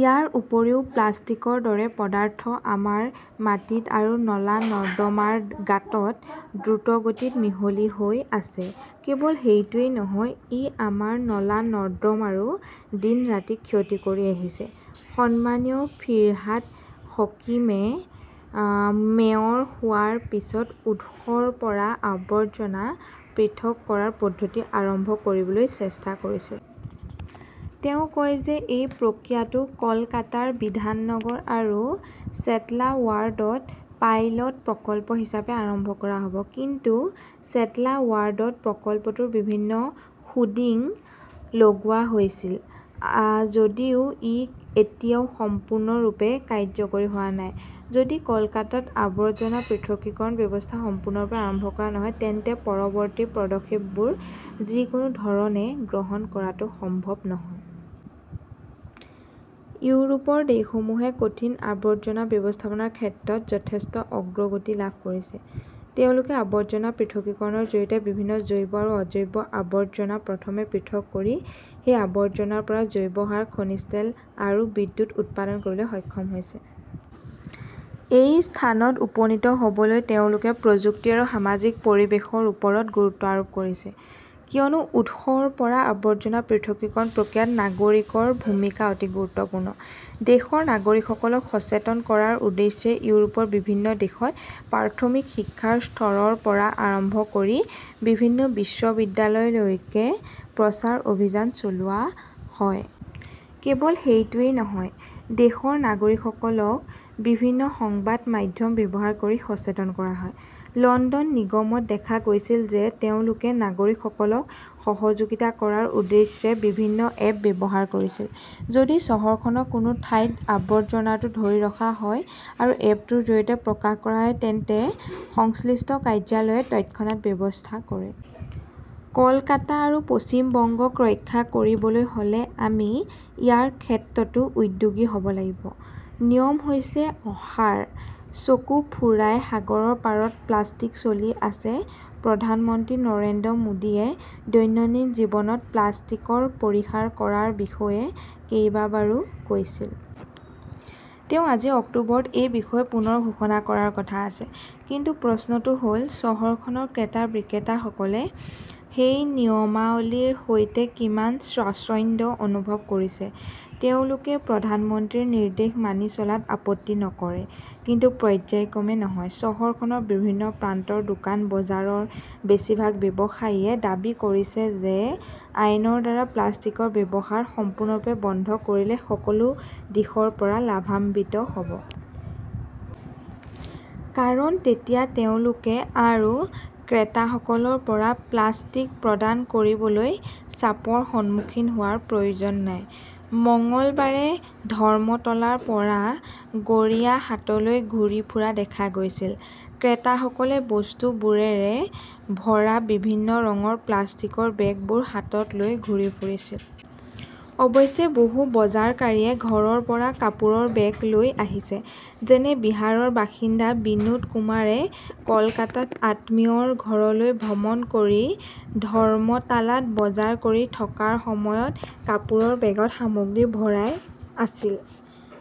ইয়াৰ উপৰিও প্লাষ্টিকৰ দৰে পদাৰ্থ আমাৰ মাটিত আৰু নলা-নৰ্দমাৰ গাঁতত দ্ৰুতগতিত মিহলি হৈ আছে। কেৱল সেইটোৱেই নহয়, ই আমাৰ নলা-নৰ্দমাৰো দিন-ৰাতি ক্ষতি কৰি আহিছে। সন্মানীয় ফিৰহাদ হকীমে মেয়ৰ হোৱাৰ পিছত উৎসৰ পৰা আৱৰ্জনা পৃথক কৰাৰ পদ্ধতি আৰম্ভ কৰিবলৈ চেষ্টা কৰিছিল। তেওঁ কয় যে এই প্ৰক্ৰিয়াটো কলকাতাৰ বিধাননগৰ আৰু চেটলা ৱাৰ্ডত পাইলট প্ৰকল্প হিচাপে আৰম্ভ কৰা হ 'ব, কিন্তু চেটলা ৱাৰ্ডত প্ৰকল্পটোৰ বিভিন্ন হোৰ্ডিং লগোৱা হৈছিল যদিও ই এতিয়াও সম্পূৰ্ণৰূপে কাৰ্যকৰী হোৱা নাই। যদি কলকাতাত আৱৰ্জনা পৃথকীকৰণ ব্যৱস্থা সম্পূৰ্ণৰূপে আৰম্ভ কৰা নহয়, তেন্তে পৰৱৰ্তী পদক্ষেপবোৰ যিকোনো ধৰণে গ্ৰহণ কৰাটো সম্ভৱ নহয়। ইউৰোপৰ দেশসমূহে কঠিন আৱৰ্জনা ব্যৱস্থাপনাৰ ক্ষেত্ৰত যথেষ্ট অগ্ৰগতি লাভ কৰিছে। তেওঁলোকে আৱৰ্জনা পৃথকীকৰণৰ জৰিয়তে বিভিন্ন জৈৱ আৰু অজৈব আৱৰ্জনা প্ৰথমে পৃথক কৰি সেই আৱৰ্জনাৰ পৰা জৈৱ সাৰ, খনিজ তেল আৰু বিদ্যুৎ উৎপাদন কৰিবলৈ সক্ষম হৈছে। এই স্থানত উপনীত হ 'বলৈ তেওঁলোকে প্ৰযুক্তি আৰু সামাজিক পৰিৱেশৰ ওপৰত গুৰুত্ব আৰোপ কৰিছে, কিয়নো উৎসৰ পৰা আৱৰ্জনা পৃথকীকৰণ প্ৰক্ৰিয়াত নাগৰিকৰ ভূমিকা অতি গুৰুত্বপূৰ্ণ। দেশৰ নাগৰিকসকলক সচেতন কৰাৰ উদ্দেশ্যে ইউৰোপৰ বিভিন্ন দেশত প্ৰাথমিক শিক্ষাৰ স্তৰৰ পৰা আৰম্ভ কৰি বিভিন্ন বিশ্ববিদ্যালয়লৈকে প্ৰচাৰ অভিযান চলোৱা হয়। কেৱল সেইটোৱেই নহয়, দেশৰ নাগৰিকসকলক বিভিন্ন সংবাদ মাধ্যম ব্যৱহাৰ কৰি সচেতন কৰা হয়। লণ্ডন নিগমত দেখা গৈছিল যে তেওঁলোকে নাগৰিকসকলক সহযোগিতা কৰাৰ উদ্দেশ্যে বিভিন্ন 'এপ "ব্যৱহাৰ কৰিছিল। যদি চহৰখনৰ কোনো ঠাইত আৱৰ্জনাটো ধৰি ৰখা হয় আৰু এপটোৰ জৰিয়তে প্ৰকাশ কৰা হয় তেন্তে সংশ্লিষ্ট কাৰ্যালয়ে তৎক্ষণাত ব্যৱস্থা কৰে। কলকাতা আৰু পশ্চিম বংগক ৰক্ষা কৰিবলৈ হ'লে আমি ইয়াৰ ক্ষেত্ৰতো উদ্যোগী হ' ব লাগিব। নিয়ম হৈছে অসাৰ, চকু ফুৰাই সাগৰৰ পাৰত প্লাস্তিক চলি আছে প্ৰধানমন্ত্ৰী নৰেন্দ্ৰ মোদীয়ে দৈনন্দিন জীৱনত প্লাষ্টিকৰ পৰিহাৰ কৰাৰ বিষয়ে কেইবাবাৰো কৈছিল। তেওঁ আজি, অক্টোবৰত এই বিষয়ে পুনৰ ঘোষণা কৰাৰ কথা আছে। কিন্তু প্ৰশ্নটো হ'ল, চহৰখনৰ ক্ৰেতা-বিক্ৰেতাসকলে সেই নিয়মাৱলীৰ সৈতে কিমান স্বাচ্ছন্দ্য অনুভৱ কৰিছে? তেওঁলোকে প্ৰধানমন্ত্ৰীৰ নিৰ্দেশ মানি চলাত আপত্তি নকৰে। কিন্তু পৰ্য্যায়ক্ৰমে নহয়। চহৰখনৰ বিভিন্ন প্ৰান্তৰ দোকান-বজাৰৰ বেছিভাগ ব্যৱসায়ীয়ে দাবী কৰিছে যে আইনৰ দ্বাৰা প্লাষ্টিকৰ ব্যৱহাৰ সম্পূৰ্ণৰূপে বন্ধ কৰিলে সকলো দিশৰ পৰা লাভান্বিত হ 'ব। কাৰণ তেতিয়া তেওঁলোকে আৰু ক্ৰেতাসকলৰ পৰা প্লাষ্টিক প্ৰদান কৰিবলৈ 'চাপ' ৰ সন্মুখীন হোৱাৰ প্ৰয়োজন নাই। মঙলবাৰে ধৰ্মতলাৰ পৰা গড়িয়াহাটলৈ ঘূৰি ফুৰা দেখা গৈছিল, ক্ৰেতাসকলে বস্তুবোৰেৰে ভৰা বিভিন্ন ৰঙৰ প্লাষ্টিকৰ বেগবোৰ হাতত লৈ ঘূৰি ফুৰিছিল। অৱশ্যে, বহু বজাৰকাৰীয়ে ঘৰৰ পৰা কাপোৰৰ বেগ লৈ আহিছে। যেনে বিহাৰৰ বাসিন্দা বিনোদ কুমাৰে কলকাতাত আত্মীয়ৰ ঘৰলৈ ভ্ৰমণ কৰি ধৰ্মতালাত বজাৰ কৰি থকাৰ সময়ত কাপোৰৰ বেগত সামগ্ৰী ভৰাই আছিল।